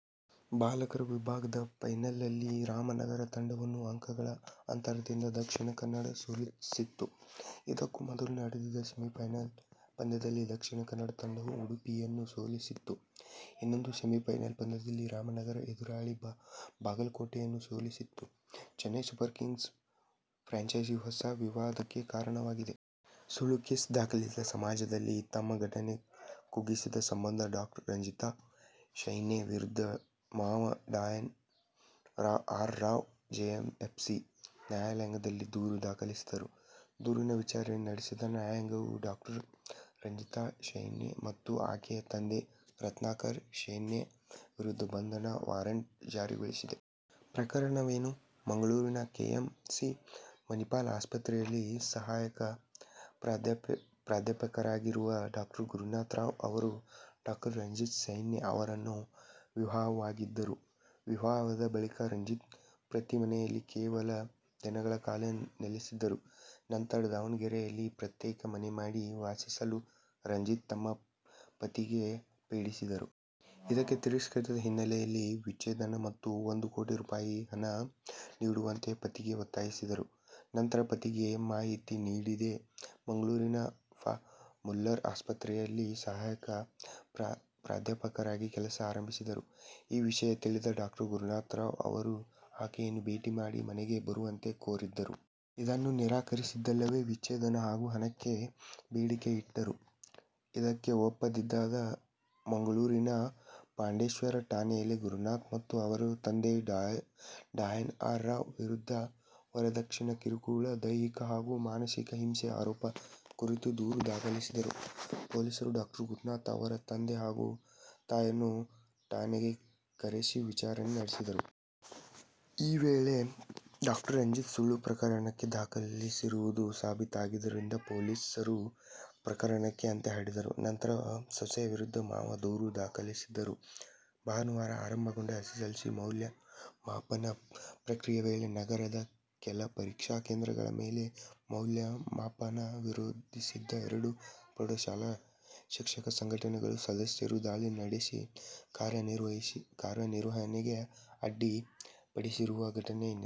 ಬಾಲಕರ ವಿಭಾಗದ ಫೈನಲ್ನಲ್ಲಿ ರಾಮನಗರ ತಂಡವನ್ನು ಅಂಕಗಳ ಅಂತರದಿಂದ ದಕ್ಷಿಣ ಕನ್ನಡ ಸೋಲಿಸಿತ್ತು. ಇದಕ್ಕೂ ಮೊದಲು ನಡೆದಿದ್ದ ಸೆಮಿಫೈನಲ್ ಪಂದ್ಯದಲ್ಲಿ ದಕ್ಷಿಣ ಕನ್ನಡ ತಂಡವು ಉಡುಪಿಯನ್ನು ಸೋಲಿಸಿತ್ತು. ಇನ್ನೊಂದು ಸೆಮಿಫೈನಲ್ ಪಂದ್ಯದಲ್ಲಿ ರಾಮನಗರ ಎದುರಾಳಿ ಬಾಗಲಕೋಟೆಯನ್ನು ಸೋಲಿಸಿತ್ತು. ಚೆನ್ನೈ ಸೂಪರ್ ಕಿಂಗ್ಸ್ ಫ್ರಾಂಚೈಸಿ ಹೊಸ ವಿವಾದಕ್ಕೆ ಕಾರಣವಾಗಿದೆ. ಸುಳ್ಳು ಕೇಸು ದಾಖಲಿಸಿ ಸಮಾಜದಲ್ಲಿ ತಮ್ಮ ಘನತೆ ಕುಗ್ಗಿಸಿದ ಸಂಬಂಧ ಡಾ. ರಂಜಿತಾ ಶೆಣೈ ವಿರುದ್ಧ ಮಾವ Dr. N. R. Rao JMFC ನ್ಯಾಯಾಲಯದಲ್ಲಿ ದೂರು ದಾಖಲಿಸಿದ್ದರು. ದೂರಿನ ವಿಚಾರಣೆ ನಡೆಸಿದ ನ್ಯಾಯಾಲಯವು ಡಾ. ರಂಜಿತಾ ಶೆಣೈ ಮತ್ತು ಆಕೆಯ ತಂದೆ ರತ್ನಾಕರ್ ಶೆಣೈ ವಿರುದ್ಧ ಬಂಧನ ವಾರಂಟ್ ಜಾರಿಗೊಳಿಸಿದೆ. ಪ್ರಕರಣವೇನು?: ಮಂಗಳೂರಿನ ಕೆ. ಎಂ. ಸಿ. ಮಣಿಪಾಲ್ ಆಸ್ಪತ್ರೆಯಲ್ಲಿ ಸಹಾಯಕ ಪ್ರಾಧ್ಯಾಪಕರಾಗಿರುವ ಡಾ. ಗುರುನಾಥ್ ರಾವ್ ಅವರು ಡಾ. ರಂಜಿತಾ ಶೆಣೈ ಅವರನ್ನು ವಿವಾಹವಾಗಿದ್ದರು. ವಿವಾಹದ ಬಳಿಕ ರಂಜಿತಾ, ಪತಿಯ ಮನೆಯಲ್ಲಿ ಕೇವಲ ದಿನಗಳ ಕಾಲ ನೆಲೆಸಿದ್ದರು. ನಂತರ ದಾವಣಗೆರೆಯಲ್ಲಿ ಪ್ರತ್ಯೇಕ ಮನೆ ಮಾಡಿ ವಾಸಿಸಲು ರಂಜಿತಾ ತಮ್ಮ ಪತಿಗೆ ಪೀಡಿಸಿದ್ದರು. ಇದಕ್ಕೆ ತಿರಸ್ಕರಿಸಿದ ಹಿನ್ನೆಲೆಯಲ್ಲಿ ವಿಚ್ಛೇದನ ಮತ್ತು ಒಂದು ಕೋಟಿ ರೂ. ಹಣ ನೀಡುವಂತೆ ಪತಿಗೆ ಒತ್ತಾಯಿಸಿದ್ದರು. ನಂತರ ಪತಿಗೆ ಮಾಹಿತಿ ನೀಡದೆ ಮಂಗಳೂರಿನ ಫಾ. ಮುಲ್ಲರ್ ಆಸ್ಪತ್ರೆಯಲ್ಲಿ ಸಹಾಯಕ ಪ್ರಾಧ್ಯಾಪಕರಾಗಿ ಕೆಲಸ ಆರಂಭಿಸಿದ್ದರು. ಈ ವಿಷಯ ತಿಳಿದ ಡಾ. ಗುರುನಾಥ್ ರಾವ್ ಅವರು ಆಕೆಯನ್ನು ಭೇಟಿ ಮಾಡಿ ಮನೆಗೆ ಬರುವಂತೆ ಕೋರಿದ್ದರು. ಇದನ್ನು ನಿರಾಕರಿಸಿದ್ದಲ್ಲದೆ ವಿಚ್ಛೇದನ ಹಾಗೂ ಹಣಕ್ಕೆ ಬೇಡಿಕೆಯಿಟ್ಟಿದ್ದರು. ಇದಕ್ಕೆ ಒಪ್ಪದಿದ್ದಾಗ ಮಂಗಳೂರಿನ ಪಾಂಡೇಶ್ವರ ಠಾಣೆಯಲ್ಲಿ ಗುರುನಾಥ್ ಮತ್ತು ಅವರ ತಂದೆ ಡಾ. ಎನ್. ಆರ್. ರಾವ್ ವಿರುದ್ಧ ವರದಕ್ಷಿಣೆ ಕಿರುಕುಳ, ದೈಹಿಕ ಹಾಗೂ ಮಾನಸಿಕ ಹಿಂಸೆ ಆರೋಪ ಕುರಿತು ದೂರು ದಾಖಲಿಸಿದ್ದರು. ಪೊಲೀಸರು ಡಾ. ಗುರುನಾಥ್, ಅವರ ತಂದೆ ಹಾಗೂ ತಾಯಿಯನ್ನು ಠಾಣೆಗೆ ಕರೆಸಿ ವಿಚಾರಣೆ ನಡೆಸಿದ್ದರು. ಈ ವೇಳೆ ಡಾ. ರಂಜಿತಾ ಸುಳ್ಳು ಪ್ರಕರಣ ದಾಖಲಿಸಿರುವುದು ಸಾಬೀತಾಗಿದ್ದರಿಂದ ಪೊಲೀಸರು ಪ್ರಕರಣಕ್ಕೆ ಅಂತ್ಯ ಹಾಡಿದ್ದರು. ನಂತರ ಸೊಸೆಯ ವಿರುದ್ಧ ಮಾವ ದೂರು ದಾಖಲಿಸಿದ್ದರು. ಭಾನುವಾರ ಆರಂಭಗೊಂಡ ಎಸ್ಸೆಸ್ಸೆಲ್ಸಿ ಮೌಲ್ಯಮಾಪನ ಪ್ರಕ್ರಿಯೆ ವೇಳೆ ನಗರದ ಕೆಲ ಪರೀಕ್ಷಾ ಕೇಂದ್ರಗಳ ಮೇಲೆ ಮೌಲ್ಯಮಾಪನ ವಿರೋಧಿಸಿದ್ದ ಎರಡು ಪ್ರೌಢಶಾಲಾ ಶಿಕ್ಷಕ ಸಂಘಟನೆಗಳ ಸದಸ್ಯರು ದಾಳಿ ನಡೆಸಿ ಕಾರ್ಯನಿರ್ವಹಣೆಗೆ ಅಡ್ಡಿ ಪಡಿಸಿರುವ ಘಟನೆ ನಡೆದಿದೆ.